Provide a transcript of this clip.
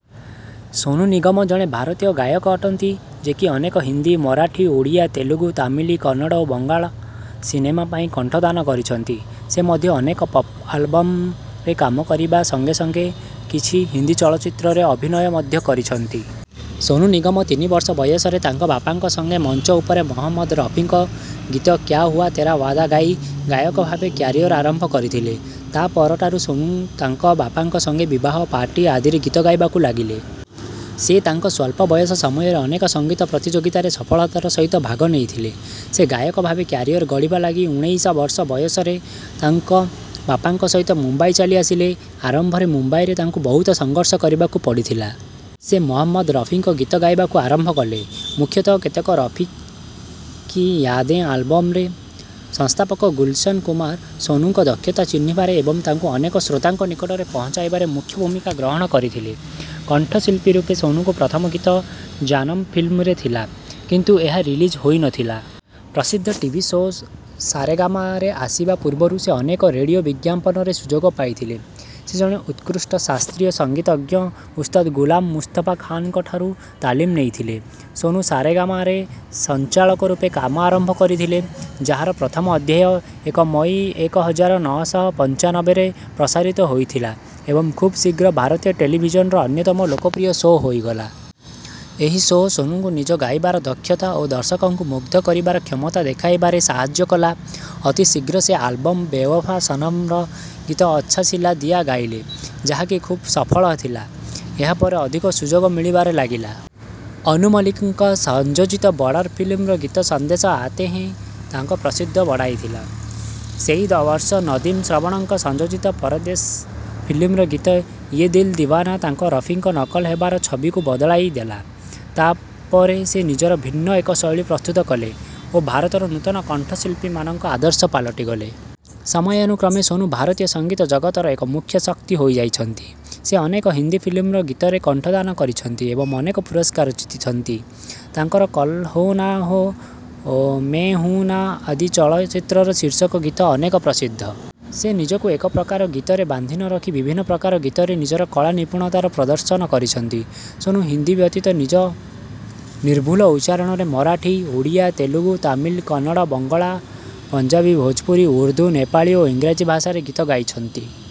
ସୋନୁ ନିଗମ ଜଣେ ଭାରତୀୟ ଗାୟକ ଅଟନ୍ତି ଯେକି ଅନେକ ହିନ୍ଦୀ, ମରାଠୀ, ଓଡ଼ିଆ, ତେଲୁଗୁ, ତାମିଲ, କନ୍ନଡ ଓ ବଙ୍ଗଳା ସିନେମା ପାଇଁ କଣ୍ଠଦାନ କରିଛନ୍ତି। ସେ ମଧ୍ୟ ଅନେକ ପପ ଆଲବମରେ କାମ କରିବା ସଙ୍ଗେ ସଙ୍ଗେ କିଛି ହିନ୍ଦୀ ଚଳଚ୍ଚିତ୍ରରେ ଅଭିନୟ ମଧ୍ୟ କରିଛନ୍ତି। ସୋନୁ ନିଗମ ତିନି ବର୍ଷ ବୟସରେ ତାଙ୍କ ବାପାଙ୍କ ସଙ୍ଗେ ମଞ୍ଚ ଉପରେ ମହମ୍ମଦ ରଫିଙ୍କ ଗୀତ କ୍ୟା ହୁଆ ତେରା ୱାଦା ଗାଇ ଗାୟକ ଭାବେ କ୍ୟାରିୟର ଆରମ୍ଭ କରିଥିଲେ। ତାହା ପରଠାରୁ ସୋନୁ ତାଙ୍କ ବାପାଙ୍କ ସଙ୍ଗେ ବିବାହ ଓ ପାର୍ଟି ଆଦିରେ ଗୀତ ଗାଇବାକୁ ଲାଗିଲେ। ସେ ତାଙ୍କ ସ୍ୱଳ୍ପ ବୟସ ସମୟରେ ଅନେକ ସଙ୍ଗୀତ ପ୍ରତିଯୋଗିତାରେ ସଫଳତାର ସହିତ ଭାଗ ନେଇଥିଲେ। ସେ ଗାୟକ ଭାବେ କ୍ୟାରିୟର ଗଢ଼ିବା ଲାଗି ଉଣେଇଶ ବର୍ଷ ବୟସରେ ତାଙ୍କ ବାପାଙ୍କ ସହିତ ମୁମ୍ବାଇ ଚାଲିଆସିଲେ। ଆରମ୍ଭରେ ମୁମ୍ବାଇରେ ତାଙ୍କୁ ବହୁତ ସଂଘର୍ଷ କରିବାକୁ ପଡ଼ିଥିଲା। ସେ ମହମ୍ମଦ ରଫିଙ୍କ ଗୀତ ଗାଇବାକୁ ଆରମ୍ଭ କଲେ, ମୁଖ୍ୟତଃ କେତେକ ରଫି କି ୟାଦେଁ ଆଲବମରେ। ସଂସ୍ଥାପକ ଗୁଲଶନ କୁମାର ସୋନୁଙ୍କ ଦକ୍ଷତା ଚିହ୍ନିବାରେ ଏବଂ ତାଙ୍କୁ ଅନେକ ଶ୍ରୋତାଙ୍କ ନିକଟରେ ପହଞ୍ଚାଇବାରେ ମୁଖ୍ୟ ଭୂମିକା ଗ୍ରହଣ କରିଥିଲେ। କଣ୍ଠଶିଳ୍ପୀ ରୂପେ ସୋନୁଙ୍କ ପ୍ରଥମ ଗୀତ ଜାନମ ଫିଲ୍ମରେ ଥିଲା, କିନ୍ତୁ ଏହା ରିଲିଜ ହୋଇନଥିଲା। ପ୍ରସିଦ୍ଧ ଟିଭି ଶୋ ସା ରେ ଗା ମା ରେ ଆସିବା ପୂର୍ବରୁ ସେ ଅନେକ ରେଡିଓ ବିଜ୍ଞାପନରେ ସୁଯୋଗ ପାଇଥିଲେ। ସେ ଜଣେ ଉତ୍କୃଷ୍ଟ ଶାସ୍ତ୍ରୀୟ ସଙ୍ଗୀତଜ୍ଞ ଉସ୍ତାଦ ଗୁଲାମ ମୁସ୍ତଫା ଖାନଙ୍କ ଠାରୁ ତାଲିମ ନେଇଥିଲେ। ସୋନୁ ସା ରେ ଗା ମା ର ସଞ୍ଚାଳକ ରୂପେ କାମ ଆରମ୍ଭ କରିଥିଲେ, ଯାହାର ପ୍ରଥମ ଅଧ୍ୟାୟ ଏକ ମଇ ଏକ ହଜାର ନଅ ଶହ ପଞ୍ଚାନବେ ରେ ପ୍ରସାରିତ ହୋଇଥିଲା ଏବଂ ଖୁବ ଶୀଘ୍ର ଭାରତୀୟ ଟେଲିଭିଜନର ଅନ୍ୟତମ ଲୋକପ୍ରିୟ ଶୋ ହୋଇଗଲା। ଏହି ଶୋ ସୋନୁଙ୍କୁ ନିଜ ଗାଇବାର ଦକ୍ଷତା ଓ ଦର୍ଶକଙ୍କୁ ମୁଗ୍ଧ କରିବାର କ୍ଷମତା ଦେଖାଇବାରେ ସାହାଯ୍ୟ କଲା। ଅତି ଶୀଘ୍ର ସେ ଆଲବମ ବେୱଫା ସନମ ର ଗୀତ ଅଚ୍ଛା ସିଲା ଦିଆ ଗାଇଲେ, ଯାହାକି ଖୁବ ସଫଳ ଥିଲା। ଏହା ପରେ ଅଧିକ ସୁଯୋଗ ମିଳିବାରେ ଲାଗିଲା। ଅନୁ ମଲିକଙ୍କ ସଂଯୋଜିତ ବର୍ଡର ଫିଲ୍ମର ଗୀତ ସନ୍ଦେଶେ ଆତେ ହେଁ ତାଙ୍କ ପ୍ରସିଦ୍ଧି ବଢ଼ାଇଥିଲା। ସେହି ବର୍ଷ ନଦୀମ ଶ୍ରବଣଙ୍କ ସଂଯୋଜିତ ପରଦେଶ ଫିଲ୍ମର ଗୀତ ୟେ ଦିଲ ଦିୱାନା ତାଙ୍କ ରଫିଙ୍କ ନକଲ ହେବାର ଛବିକୁ ବଦଳାଇଦେଲା। ତାହା ପରେ ସେ ନିଜର ଭିନ୍ନ ଏକ ଶୈଳୀ ପ୍ରସ୍ତୁତ କଲେ ଓ ଭାରତର ନୂତନ କଣ୍ଠଶିଳ୍ପୀମାନଙ୍କ ଆଦର୍ଶ ପାଲଟିଗଲେ। ସମୟାନୁକ୍ରମେ ସୋନୁ ଭାରତୀୟ ସଙ୍ଗୀତ ଜଗତର ଏକ ମୁଖ୍ୟ ଶକ୍ତି ହୋଇଯାଇଛନ୍ତି। ସେ ଅନେକ ହିନ୍ଦୀ ଫିଲ୍ମର ଗୀତରେ କଣ୍ଠଦାନ କରିଛନ୍ତି ଏବଂ ଅନେକ ପୁରସ୍କାର ଜିତିଛନ୍ତି। ତାଙ୍କର କଲ ହୋ ନା ହୋ ଓ ମେଁ ହୁଁ ନା ଆଦି ଚଳଚ୍ଚିତ୍ରର ଶୀର୍ଷକ ଗୀତ ଅନେକ ପ୍ରସିଦ୍ଧ। ସେ ନିଜକୁ ଏକ ପ୍ରକାର ଗୀତରେ ବାନ୍ଧି ନ ରଖି ବିଭିନ୍ନ ପ୍ରକାର ଗୀତରେ ନିଜର କଳା ନିପୁଣତାର ପ୍ରଦର୍ଶନ କରିଛନ୍ତି। ସୋନୁ ହିନ୍ଦୀ ବ୍ୟତୀତ ନିଜ ନିର୍ଭୁଲ ଉଚ୍ଚାରଣରେ ମରାଠୀ, ଓଡ଼ିଆ, ତେଲୁଗୁ, ତାମିଲ, କନ୍ନଡ, ବଙ୍ଗଳା, ପଞ୍ଜାବୀ, ଭୋଜପୁରୀ, ଉର୍ଦ୍ଦୁ, ନେପାଳୀ ଓ ଇଂରାଜୀ ଭାଷାରେ ଗୀତ ଗାଇଛନ୍ତି।